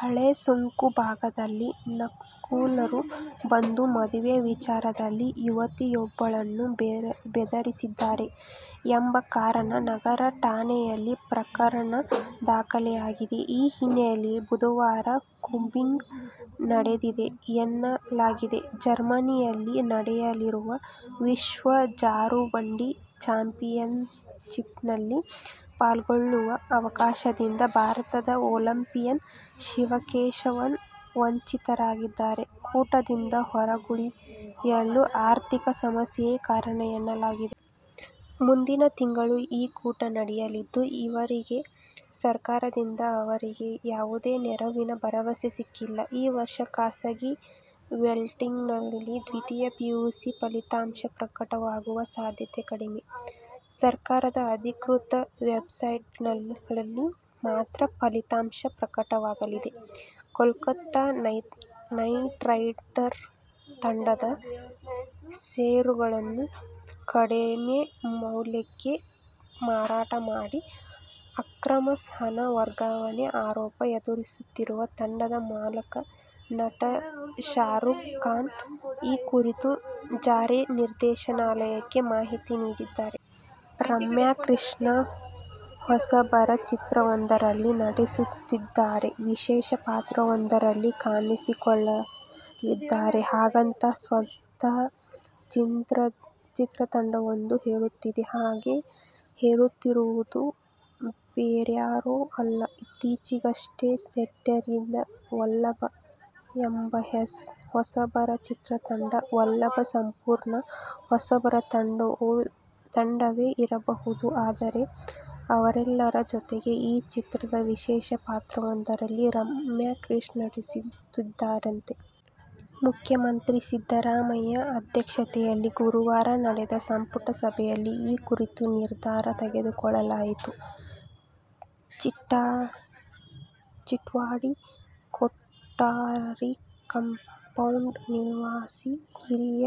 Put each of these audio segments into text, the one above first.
ಹಳೇಸುಂಕ ಭಾಗದಲ್ಲಿ ನಕ್ಸಲರು ಬಂದು, ಮದುವೆ ವಿಚಾರದಲ್ಲಿ ಯುವತಿಯೊಬ್ಬಳನ್ನು ಬೆದರಿಸಿದ್ದಾರೆ ಎಂಬ ಕಾರಣ ನಗರ ಠಾಣೆಯಲ್ಲಿ ಪ್ರಕರಣ ದಾಖಲಾಗಿದೆ. ಈ ಹಿನ್ನೆಲೆಯಲ್ಲಿ ಬುಧವಾರ ಕೂಂಬಿಂಗ್ ನಡೆದಿದೆ ಎನ್ನಲಾಗಿದೆೆ. ಜರ್ಮನಿಯಲ್ಲಿ ನಡೆಯಲಿರುವ ವಿಶ್ವ ಜಾರುಬಂಡಿ ಚಾಂಪಿಯನ್ಶಿಪ್ನಲ್ಲಿ ಪಾಲ್ಗೊಳ್ಳುವ ಅವಕಾಶದಿಂದ ಭಾರತದ ಒಲಿಂಪಿಯನ್ ಶಿವಕೇಶವನ್ ವಂಚಿತರಾಗಿದ್ದಾರೆ. ಕೂಟದಿಂದ ಹೊರಗುಳಿಯಲು ಆರ್ಥಿಕ ಸಮಸ್ಯೆಯೇ ಕಾರಣ ಎನ್ನಲಾಗಿದೆ. ಮುಂದಿನ ತಿಂಗಳು ಈ ಕೂಟ ನಡೆಯಲಿದ್ದು, ಈವರೆಗೆ ಸರಕಾರದಿಂದ ಅವರಿಗೆ ಯಾವುದೇ ನೆರವಿನ ಭರವಸೆ ಸಿಕ್ಕಿಲ್ಲ. ಈ ವರ್ಷ ಖಾಸಗಿ ವೆಬ್ಸೈಟ್ಗಳಲ್ಲಿ ದ್ವಿತೀಯ ಪಿಯುಸಿ ಫಲಿತಾಂಶ ಪ್ರಕಟವಾಗುವ ಸಾಧ್ಯತೆ ಕಡಿಮೆ. ಸರ್ಕಾರದ ಅಧಿಕೃತ ವೆಬ್ಸೈಟ್ಗಳಲ್ಲಿ ಮಾತ್ರ ಫಲಿತಾಂಶ ಪ್ರಕಟವಾಗಲಿದೆ. ಕೋಲ್ಕತಾ ನೈಟ್ರೈಡರ್ ತಂಡದ ಷೇರುಗಳನ್ನು ಕಡಿಮೆ ಮೌಲ್ಯಕ್ಕೆ ಮಾರಾಟ ಮಾಡಿ ಅಕ್ರಮ ಹಣ ವರ್ಗಾವಣೆ ಆರೋಪ ಎದುರಿಸುತ್ತಿರುವ ತಂಡದ ಮಾಲಕ, ನಟ ಶಾರುಖ್ ಖಾನ್ ಈ ಕುರಿತು ಜಾರಿ ನಿರ್ದೇಶನಾಲಯಕ್ಕೆ ಮಾಹಿತಿ ನೀಡಿದ್ದಾರೆ. ರಮ್ಯಾ ಕೃಷ್ಣ ಹೊಸಬರ ಚಿತ್ರವೊಂದರಲ್ಲಿ ನಟಿಸುತ್ತಿದ್ದಾರೆ, ವಿಶೇಷ ಪಾತ್ರವೊಂದರಲ್ಲಿ ಕಾಣಿಸಿಕೊಳ್ಳಲಿದ್ದಾರೆ. ಹಾಗಂತ ಸ್ವತಃ ಚಿತ್ರತಂಡವೊಂದು ಹೇಳುತ್ತಿದೆ. ಹಾಗೆ ಹೇಳುತ್ತಿರುವುದು ಬೇರ್ಯಾರೋ ಅಲ್ಲ, ಇತ್ತೀಚೆಗಷ್ಟೇ ಸೆಟ್ಟೇರಿದ "ವಲ್ಲಭ' ಎಂಬ ಹೊಸಬರ ಚಿತ್ರತಂಡ. "ವಲ್ಲಭ' ಸಂಪೂರ್ಣ ಹೊಸಬರ ತಂಡವೇ ಇರಬಹುದು. ಆದರೆ, ಅವರೆಲ್ಲರ ಜೊತೆಗೆ ಈ ಚಿತ್ರದ ವಿಶೇಷ ಪಾತ್ರವೊಂದರಲ್ಲಿ ರಮ್ಯಾಕೃಷ್ಣ ನಟಿಸುತ್ತಿದ್ದಾರಂತೆ. ಮುಖ್ಯಮಂತ್ರಿ ಸಿದ್ದರಾಮಯ್ಯ ಅಧ್ಯಕ್ಷತೆಯಲ್ಲಿ ಗುರುವಾರ ನಡೆದ ಸಂಪುಟ ಸಭೆಯಲ್ಲಿ ಈ ಕುರಿತು ನಿರ್ಧಾರ ತೆಗೆದುಕೊಳ್ಳಲಾಯಿತು. ಚಿಟ್ಟಾಡಿ ಕೊಠಾರಿ ಕಂಪೌಂಡ್ ನಿವಾಸಿ, ಹಿರಿಯ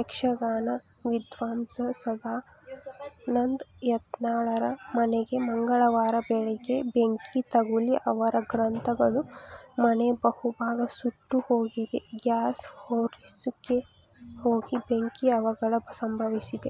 ಯಕ್ಷಗಾನ ವಿದ್ವಾಂಸ ಸದಾನಂದ ಐತಾಳರ ಮನೆಗೆ ಮಂಗಳವಾರ ಬೆಳಗ್ಗೆ ಬೆಂಕಿ ತಗುಲಿ ಅವರ ಗ್ರಂಥಗಳು, ಮನೆಯ ಬಹುಭಾಗ ಸುಟ್ಟು ಹೋಗಿದೆ. ಗ್ಯಾಸ್ ಸೋರಿಕೆಯಾಗಿ ಬೆಂಕಿ ಅವಘಡ ಸಂಭವಿಸಿದೆ.